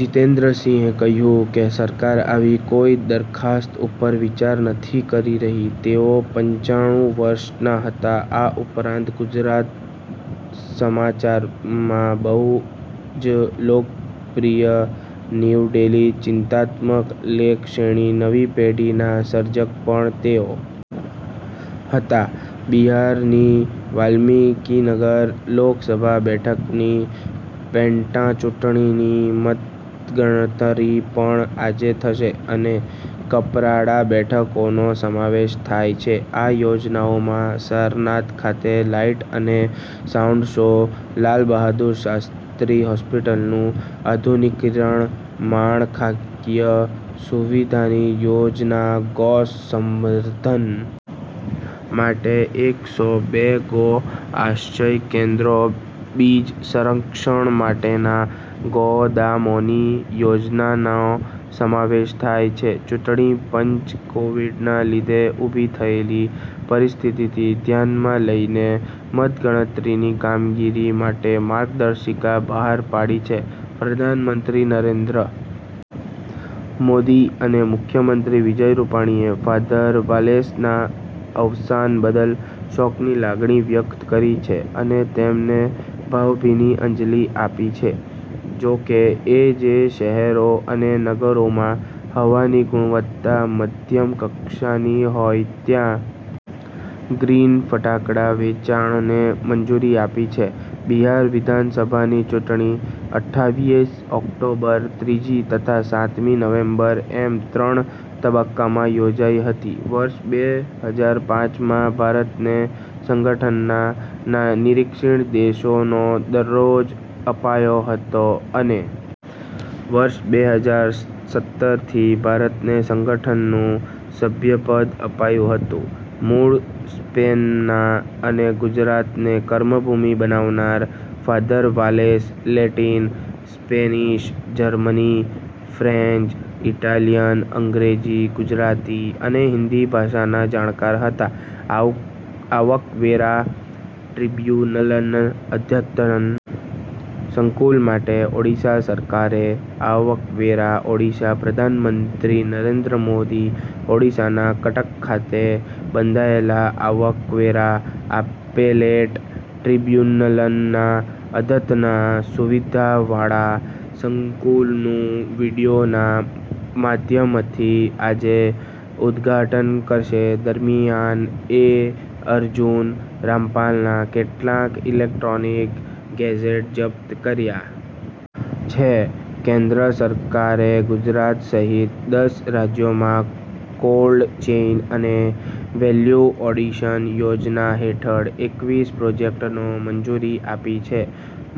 જીતેન્દ્રસિંહે કહ્યું કે સરકાર આવી કોઈ દરખાસ્ત ઉપર વિચાર નથી કરી રહી તેઓ પંચાણું વર્ષના હતા આ ઉપરાંત ગુજરાત સમાચારમાં બહુ જ લોકપ્રિય નીવડેલી ચિંતનાત્મક લેખ શ્રેણી નવી પેઢીને ના સર્જક પણ તેઓ હતા બિહારની વાલ્મીકીનગર લોકસભા બેઠકની પેટાચૂંટણીની મતગણતરી પણ આજે થશે અને કપરાડા બેઠકોનો સમાવેશ થાય છે આ યોજનાઓમાં સારનાથ ખાતે લાઈટ અને સાઉન્ડ શો લાલબહાદુર શાસ્ત્રી હોસ્પિટલનું આધુનિકીકરણ માળખાકીય સુવિધાની યોજના ગૌ સંવર્ધન માટે એક સો બે ગૌ આશ્રય કેન્દ્રો બીજ સંરક્ષણ માટેના ગોદામોની યોજનાનો સમાવેશ થાય છે ચૂંટણી પંચે કોવિડના લીધે ઊભી થયેલી પરિસ્થિતિ ધ્યાનમાં લઈને મતગણતરીની કામગીરી માટે માર્ગદર્શિકા બહાર પાડી છે પ્રધાનમંત્રી નરેન્દ્ર મોદી અને મુખ્યમંત્રી વિજય રૂપાણી એ ફાધર વાલેસના અવસાન બદલ શોકની લાગણી વ્યકત કરી છે અને તેમને ભાવભીની અંજલિ આપી છે જોકે એ જે શહેરો અને નગરોમાં હવાની ગુણવત્તા મધ્યમ કક્ષાની હોય ત્યાં ગ્રીન ફટાકડા વેચાણને મંજુરી આપી છે બિહાર વિધાનસભાની ચૂંટણી અઠ્ઠાવીસ ઓક્ટોબર ત્રીજી તથા સાતમી નવેમ્બર એમ ત્રણ તબક્કામાં યોજાઈ હતી વર્ષ બે હજાર પાંચ માં ભારતને સંગઠનના નીરિક્ષક દેશોનો દરજ્જો અપાયો હતો અને વર્ષ બે હજાર સત્તર થી ભારતને સંગઠનનું સભ્યપદ અપાયું હતું મૂળ સ્પેનના અને ગુજરાતને કર્મભૂમિ બનાવનાર father Wallace Latin Spanish Germany French Italian અંગ્રેજી ગુજરાતી અને હિન્દી ભાષાના જાણકાર હતા આવકવેરા ટ્રીબ્યુનલના અદ્યતન સંકુલ માટે ઓડિશા સરકારે આવકવેરા ઓડિશા પ્રધાનમંત્રી નરેન્દ્ર મોદી ઓડિશાના કટક ખાતે બંધાયેલા આવકવેરા એપેલેટ ટ્રીબ્યુનલના અદ્યતન સુવિધાવાળા સંકુલનું વીડિયોના માધ્યમથી આજે ઉદઘાટન કરશે દરમિયાન એ અર્જુન રામપાલના કેટલાંક ઇલેક્ટ્રોનિક ગેઝેટ જપ્ત કર્યા છે કેન્દ્ર સરકારે ગુજરાત સહિત દસ રાજ્યોમાં કોલ્ડ ચેઇન અને વેલ્યુ એડિશન યોજના હેઠળ એકવીસ પ્રોજેક્ટોને મંજુરી આપી છે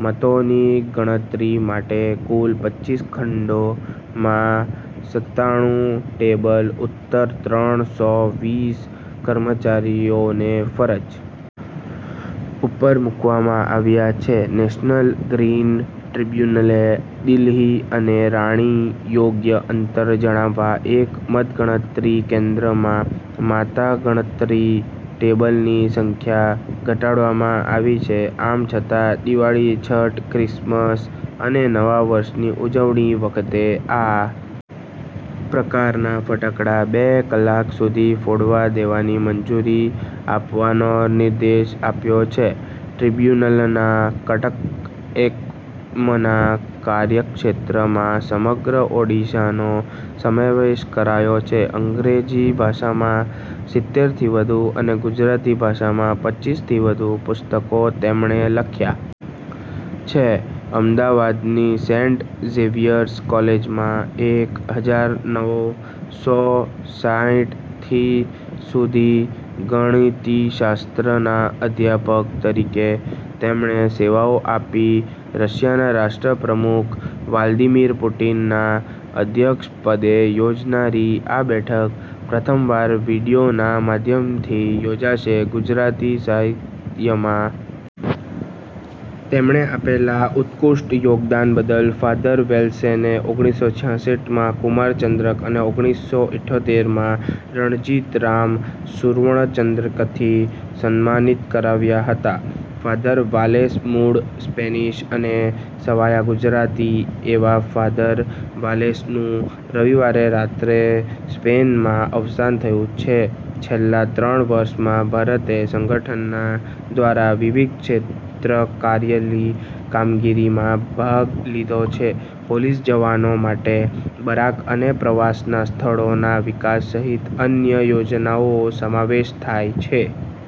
મતોની ગણતરી માટે કુલ પચીસ ખંડો માં સત્તાણું ટેબલો ઉપર ત્રણ સો વીસ કર્મચારીઓને ફરજ ઉપર મૂકવામાં આવ્યા છે નેશનલ ગ્રીન ટ્રીબ્યુનલે દિલ્હી અને રાણી યોગ્ય અંતર જાળવવા એક મતગણતરી કેન્દ્રમાં મતગણતરી ટેબલની સંખ્યા ઘટાડવામાં આવી છે આમ છતાં દિવાળી છઠ્ઠ ક્રિસમસ અને નવા વર્ષની ઉજવણી વખતે આ પ્રકારના ફટાકડા બે કલાક સુધી ફોડવા દેવાની મંજુરી આપવાનો નિર્દેશ આપ્યો છે ટ્રીબ્યુનલના કટક એકમના કાર્યક્ષેત્રમાં સમગ્ર ઓડિશાનો સમાવેશ કરાયો છે અંગ્રેજી ભાષામાં સિત્તેર થી વધુ અને ગુજરાતી ભાષામાં પચીસથી વધુ પુસ્તકો તેમણે લખ્યા છે અમદાવાદની સેન્ટ ઝેવિયર્સ કોલેજમાં એક હજાર નવ સો સાઈઠ થી સુધી ગણિતશાસ્ત્રના અધ્યાપક તરીકે તેમણે સેવાઓ આપી રશિયાના રાષ્ટ્ર પ્રમુખ વ્લાદીમીર પુટિનના અધ્યક્ષપદે યોજાનારી આ બેઠક પ્રથમવાર વીડિયોના માધ્યમથી યોજાશે ગુજરાતી સાહિત્યમાં તેમણે આપેલા ઉત્કૃષ્ઠ યોગદાન બદલ ફાધર વાલેસને ઓગણીસો છાછઠ માં કુમાર ચંદ્રક અને ઓગણીસો અથ્યોતીમાં રણજીતરામ સુવર્ણચંદ્રકથી સન્માનિત કરાયા હતા ફાધર વાલેસ મૂળ સ્પેનિશ અને સવાયા ગુજરાતી એવા ફાધર વાલેસનું રવિવારે રાત્રે સ્પેનમાં અવસાન થયું છે છેલ્લાં ત્રણ વર્ષમાં ભારતે સંગઠનના દ્વારા વિવિધ ક્ષેત્રે કરાયેલી કામગીરીમાં ભાગ લીધો છે પોલીસ જવાનો માટે બરાક અને પ્રવાસન સ્થળોના વિકાસ સહિત અન્ય યોજનાઓનો સમાવેશ થાય છે।